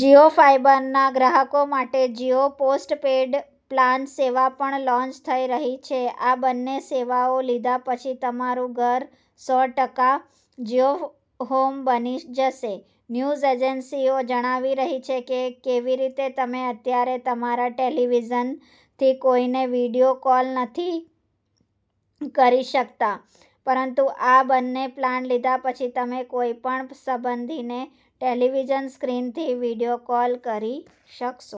જીઓ ફાઈબરના ગ્રાહકો માટે જીઓ પોસ્ટ પેડ પ્લાન સેવા પણ લોન્ચ થઇ રહી છે. આ બંને સેવાઓ લીધા પછી તમારું ઘર સો ટકા જીઓ હોમ બની જશે. ન્યુઝ એજન્સીઓ જણાવી રહી છે, કેવી રીતે તમે અત્યારે તમારા ટેલીવિઝનથી કોઈને વિડીયો કોલ નથી કરી શકતા, પરંતુ આ બંને પ્લાન લીધા પછી તમે કોઈપણ સંબંધીને ટેલીવિઝન સ્ક્રીનથી વિડીયો કોલ કરી શકશો.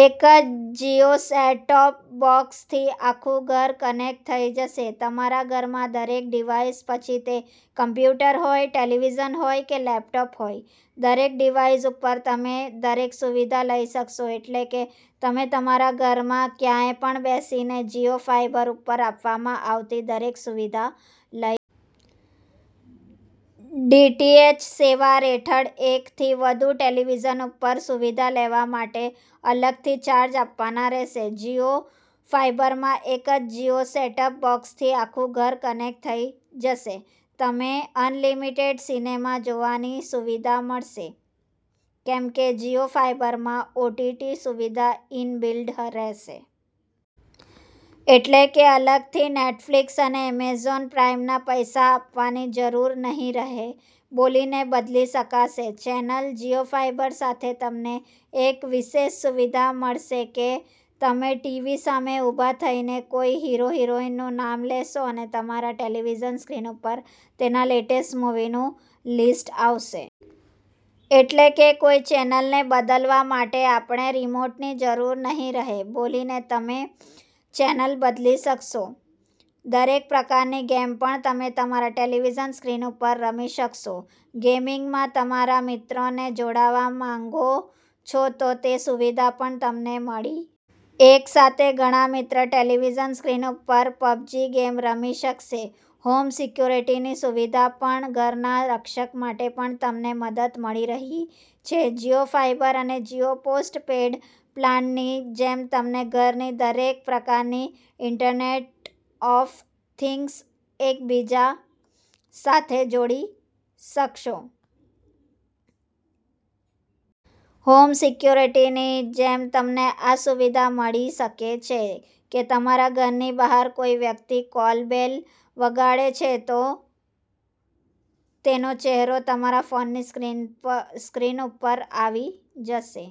એક જ જીઓ સેટ ટોપ બોક્સથી આખુ ઘર કનેક્ટ થઇ જશે. તમારા ઘરના દરેક ડીવાઈસ પછી તે કમ્પ્યુટર હોય, ટેલીવિઝન હોય કે લેપટોપ હોય, દરેક ડીવાઈસ ઉપર તમે દરેક સુવિધા લઇ શકશો. એટલે કે તમે તમારા ઘરમાં ક્યાય પણ બેસીને જીઓ ફાઈબર ઉપર આપવામાં આવતી દરેક સુવિધા લઇ શકશો. ડીટીએચ સેવા હેઠળ એકથી વધુ ટેલીવિઝન ઉપર સુવિધા લેવા માટે અલગથી ચાર્જ આપવાના રહેશે. જીઓ ફાઈબરમાં એક જ જીઓ સેટ ટોપ બોક્સથી આખું ઘર કનેક્ટ થઇ જશે. તમને અનલીમીટેડ સિનેમા જોવાની સુવિધા મળશે, કેમ કે જીઓ ફાઈબરમાં ઓટીટી સુવિધા ઇન બીલ્ટ રહેશે. એટલે કે અલગથી નેટફ્લીક્સ અને એમેઝોન પ્રાઈમના પૈસા આપવાની જરૂર નહિ રહે. બોલીને બદલી શકાશે ચેનલ. જીઓ ફાઈબર સાથે તમને એક વિશેષ સુવિધા મળશે કે, તમે ટીવી સામે ઉભા થઈને કોઈ હીરો-હિરોઈનનું નામ લેશો અને તમારા ટેલીવિઝન સ્ક્રીન ઉપર તેના લેટેસ્ટ મુવીનું લીસ્ટ આવશે. એટલે કે કોઈ ચેનલને બદલાવવા માટે તમારે રીમોન્ટની જરૂર નહિ રહે. બોલીને તમે ચેનલ બદલી શકશો. દરેક પ્રકારની ગેમ પણ તમે તમારા ટેલીવિઝન સ્ક્રીન ઉપર રમી શકશો. ગેમિંગમાં તમારા મિત્રોને જોડવા માંગો છો, તો તે સુવિધા પણ તમને મળી એક સાથે ઘણા મિત્રો ટેલીવિઝન સ્ક્રીન ઉપર પબજી ગેમ રમી શકશે. હોમ સિક્યુરીટીની સુવિધા પણ ઘરના રક્ષણ માટે પણ તમને મદદ મળી રહી છે. જીઓ ફાઈબર અને જીઓ પોસ્ટ પેડ પ્લસની જેમ તમને ઘરની દરેક પ્રકારની ઈન્ટરનેટ ઓફ થિંગ્સ એક બીજા સાથે જોડી શકશો. હોમ સિક્યુરીટીની જેમ તમને આ સુવિધા મળી શકે છે કે તમારા ઘરની બહાર કોઈ વ્યક્તિ કૉલ બેલ વગાડે છે, તો તેનો ચહેરો તમારા ફોનની સ્ક્રીન ઉપર આવી જશે.